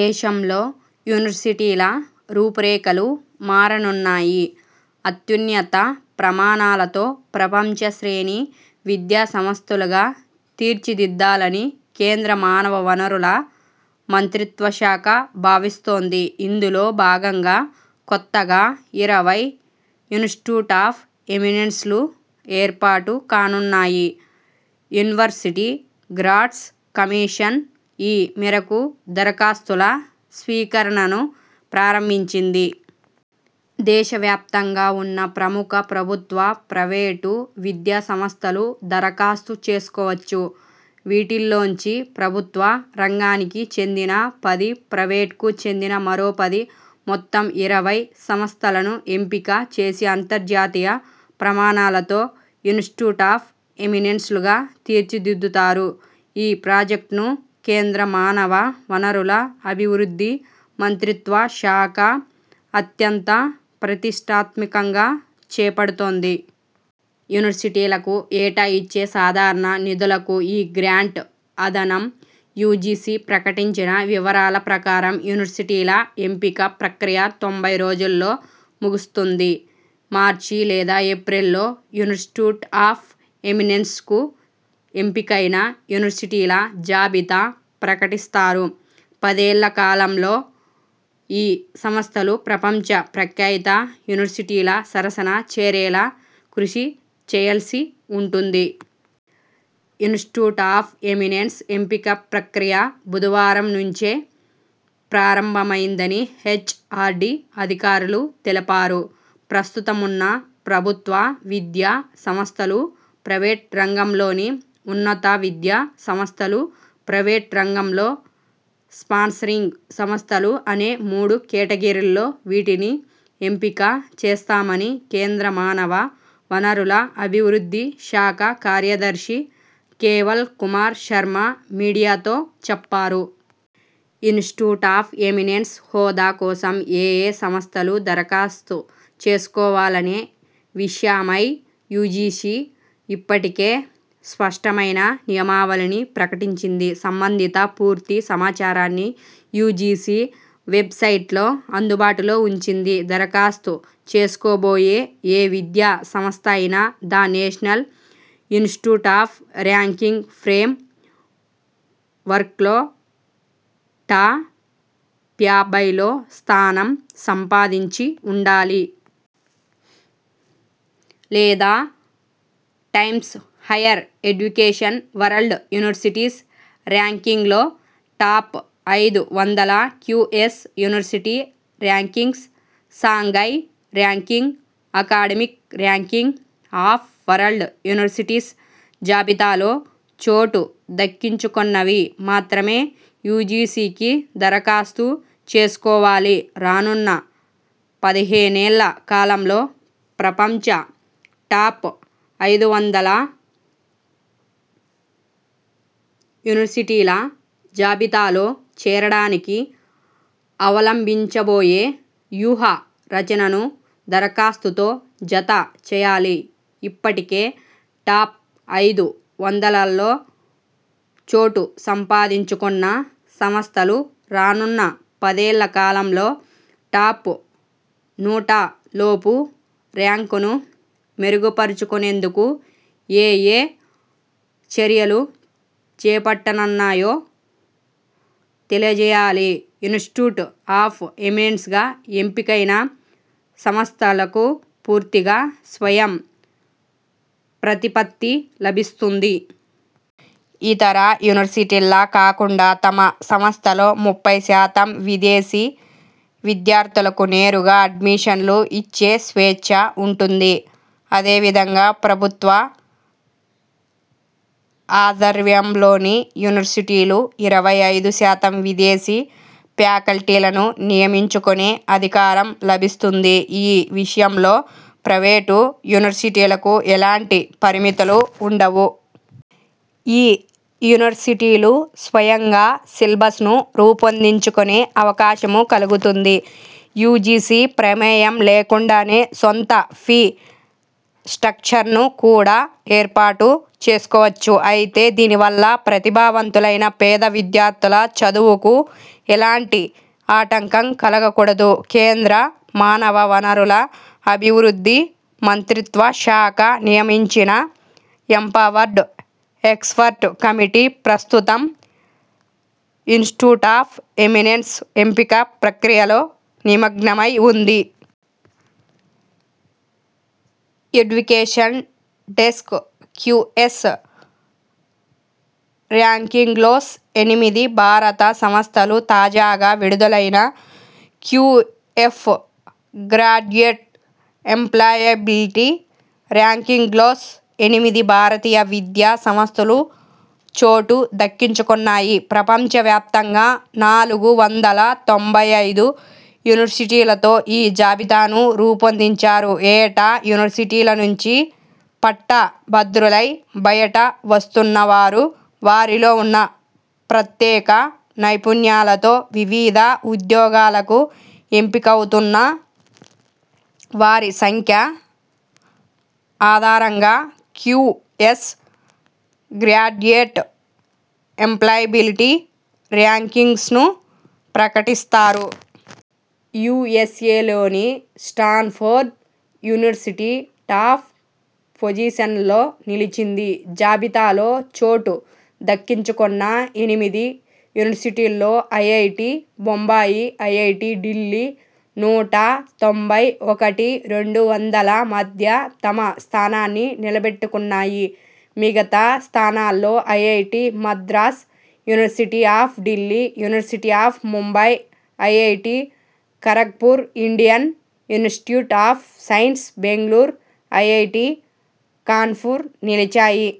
దేశంలో యూనివర్సిటీల రూపురేఖలు మారనున్నాయి. అత్యున్నత ప్రమాణాలతో ప్రపంచ శ్రేణి విద్యాసంస్థలుగా తీర్చి దిద్దాలని కేంద్ర మానవ వనరుల మంత్రిత్వ శాఖ భావిస్తోంది. ఇందులో భాగంగా కొత్తగా ఇరవై 'ఇన్స్టిట్యూట్ ఆఫ్ ఎమినెన్స్'లు ఏర్పాటు కానున్నాయి. యూనివర్శిటీ గ్రాంట్స్ కమిషన్ ఈ మేరకు దరఖాస్తుల స్వీకరణను ప్రారంభించింది. దేశవ్యాప్తంగా ఉన్న ప్రముఖ ప్రభుత్వ, ప్రైవేటు విద్యా సంస్థలు దరఖాస్తు చేసుకోవచ్చు. వీటిల్లోంచి ప్రభుత్వ రంగానికి చెందిన పది, ప్రైవేటుకు చెందిన మరో పది మొత్తం ఇరవై సంస్థలను ఎంపిక చేసి అంతర్జాతీయ ప్రమాణాలతో 'ఇన్స్టిట్యూట్ ఆఫ్ ఎమినెన్స్'లుగా తీర్చిదిద్దుతారు. ఈ ప్రాజెక్టును కేంద్ర మానవ వనరుల అభివృద్ధి మంత్రిత్వ శాఖ అత్యంత ప్రతిష్ఠాత్మకంగా చేపడుతోంది. యూనివర్సిటీలకు ఏటా ఇచ్చే సాధారణ నిధులకు ఈ గ్రాంట్ అదనం. యూజీసీ ప్రకటించిన వివరాల ప్రకారం యూనివర్సిటీల ఎంపిక ప్రక్రియ తొంభై రోజుల్లో ముగుస్తుంది. మార్చి లేదా ఏప్రిల్లో 'ఇన్స్టిట్యూట్ ఆఫ్ ఎమినెన్స్'కు ఎంపికైన యూనివర్సిటీల జాబితా ప్రకటిస్తారు. పదేళ్ల కాలంలో ఈ సంస్థలు ప్రపంచ ప్రఖ్యాత యూనివర్సిటీల సరసన చేరేలా కృషి చేయాల్సి ఉంటుంది. 'ఇన్స్టిట్యూట్స్ ఆఫ్ ఎమినెన్స్' ఎంపిక ప్రక్రియ బుధవారం నుంచే ప్రారంభమైందని హెచ్ఆర్డీ అధికారులు తెలిపారు. ప్రస్తుతమున్న ప్రభుత్వ విద్యా సంస్థలు, ప్రైవేట్ రంగంలోని ఉన్నత విద్యా సంస్థలు, ప్రైవేటు రంగంలో స్పాన్సరింగ్ సంస్థలు అనే మూడు కేటగిరీల్లో వీటిని ఎంపిక చేస్తామని కేంద్ర మానవ వనరుల అభివృద్ధి శాఖ కార్యదర్శి కేవల్ కుమార్ శర్మ మీడియాతో చెప్పారు. 'ఇన్స్టిట్యూట్ ఆఫ్ ఎమినెన్స్' హోదా కోసం ఏయే సంస్థలు దరఖాస్తు చేసుకోవాలనే విషయమై యూజీసీ ఇప్పటికే స్పష్టమైన నియమావళిని ప్రకటించింది. సంబంధిత పూర్తి సమాచారాన్ని యూజీసీ వెబ్సైట్లో అందుబాటులో ఉంచింది. దరఖాస్తు చేసుకోబోయే ఏ విద్యా సంస్థ అయినా the national institute of ranking frame వర్క్లో టాప్యాభైలో స్థానం సంపాదించి ఉండాలి. లేదా times higher education world universities ర్యాంకింగ్లో టాప్ ఐదు వందల, QS university rankings, Shanghai ranking academic ranking of world universities జాబితాలో చోటు దక్కించుకొన్నవి మాత్రమే యూజీసీకి దరఖాస్తు చేసుకోవాలి రానున్న పదిహేనేళ్ల కాలంలో ప్రపంచ టాప్ ఐదు వందల యూనివర్సిటీల జాబితాలో చేరడానికి అవలంబించబోయే వ్యూహ రచనను దరఖాస్తుతో జత చేయాలి ఇప్పటికే టాప్ ఐదు వందలలో చోటు సంపాదించుకొన్న సంస్థలు రానున్న పదేళ్ల కాలంలో టాప్ నూటలోపు ర్యాంకును మెరుగుపరచుకొనేందుకు ఏయే చర్యలు చేపట్టనున్నాయో తెలియజేయాలి 'ఇన్స్టిట్యూట్ ఆఫ్ ఎమినెన్స్'గా ఎంపికైన సంస్థలకు పూర్తిగా స్వయం ప్రతిపత్తి లభిస్తుంది. ఇతర యూనివర్సిటీల్లా కాకుండా తమ సంస్థలో ముప్పై శాతం విదేశీ విద్యార్థులకు నేరుగా అడ్మిషన్లు ఇచ్చే స్వేచ్ఛ ఉంటుంది అదేవిధంగా ప్రభుత్వ ఆధ్వర్యంలోని యూనివర్సిటీలు ఇరవై ఐదు శాతం విదేశీ ఫ్యాకల్టీలను నియమించుకొనే అధికారం లభిస్తుంది. ఈ విషయంలో ప్రైవేటు యూనివర్సిటీలకు ఎలాంటి పరిమితులు ఉండవు. ఈ యూనివర్సిటీలు స్వయంగా సిలబ్సను రూపొందించుకొనే అవకాశమూ కలుగుతుంది. యూజీసీ ప్రమేయం లేకుండానే సొంత ఫీ స్ట్రక్చర్ను కూడా ఏర్పాటు చేసుకోవచ్చు. అయితే దీనివల్ల ప్రతిభావంతులైన పేద విద్యార్థుల చదువుకు ఎలాంటి ఆటంకం కలగకూడదు. కేంద్ర మానవ వనరుల అభివృద్ధి మంత్రిత్వ శాఖ నియమించిన ఎంపవర్డ్ ఎక్స్పర్ట్ కమిటీ ప్రస్తుతం 'ఇన్స్టిట్యూట్ ఆఫ్ ఎమినెన్స్' ఎంపిక ప్రక్రియలో నిమగ్నమై ఉంది. ఎడ్యుకేషన్ డెస్క్ క్యూఎస్ ర్యాంక్సింగ్స్లో ఎనిమిది భారత సంస్థలు తాజాగా విడుదలైన క్యూఎప్ గ్రాడ్యుయేట్ ఎంప్లాయిబిలిటీ ర్యాంకింగ్స్లో ఎనిమిది భారతీయ విద్యా సంస్థలు చోటు దక్కించుకొన్నాయి. ప్రపంచ వ్యాప్తంగా నాలుగు వందల తొంభై ఐదు యూనివర్సిటీలతో ఈ జాబితాను రూపొందించారు. ఏటా యూనివర్సిటీల నుంచి పట్ట భద్రులై బయట వస్తున్న వారు, వారిలో ఉన్న ప్రత్యేక నైపుణ్యాలతో వివిధ ఉద్యోగాలకు ఎంపికవుతున్న వారి సంఖ్య ఆధారంగా క్యూఎస్ గ్రాడ్యుయేట్ ఎంప్లాయిబిలిటీ ర్యాంక్సింగ్స్ను ప్రకటిస్తారు. యూఎ్సఏలోని స్టాన్ఫోర్డ్ యూనివర్సిటీ టాప్ పొజిషన్లో నిలిచింది. జాబితాలో చోటు దక్కించుకొన్న ఎనిమిది యూనివర్సిటీల్లో ఐఐటీ బొంబాయి, ఐఐటీ ఢిల్లీ నూట తొంభై ఒకటి రెండు వందల మధ్య తమ స్థానాన్ని నిలబెట్టుకున్నాయి. మిగతా స్థానాల్లో IIT Madras, university of Delhi, university of Mumbai, IIT Kharagpur, Indian institute of science Bengaluru, IIT Kanpur నిలిచాయి.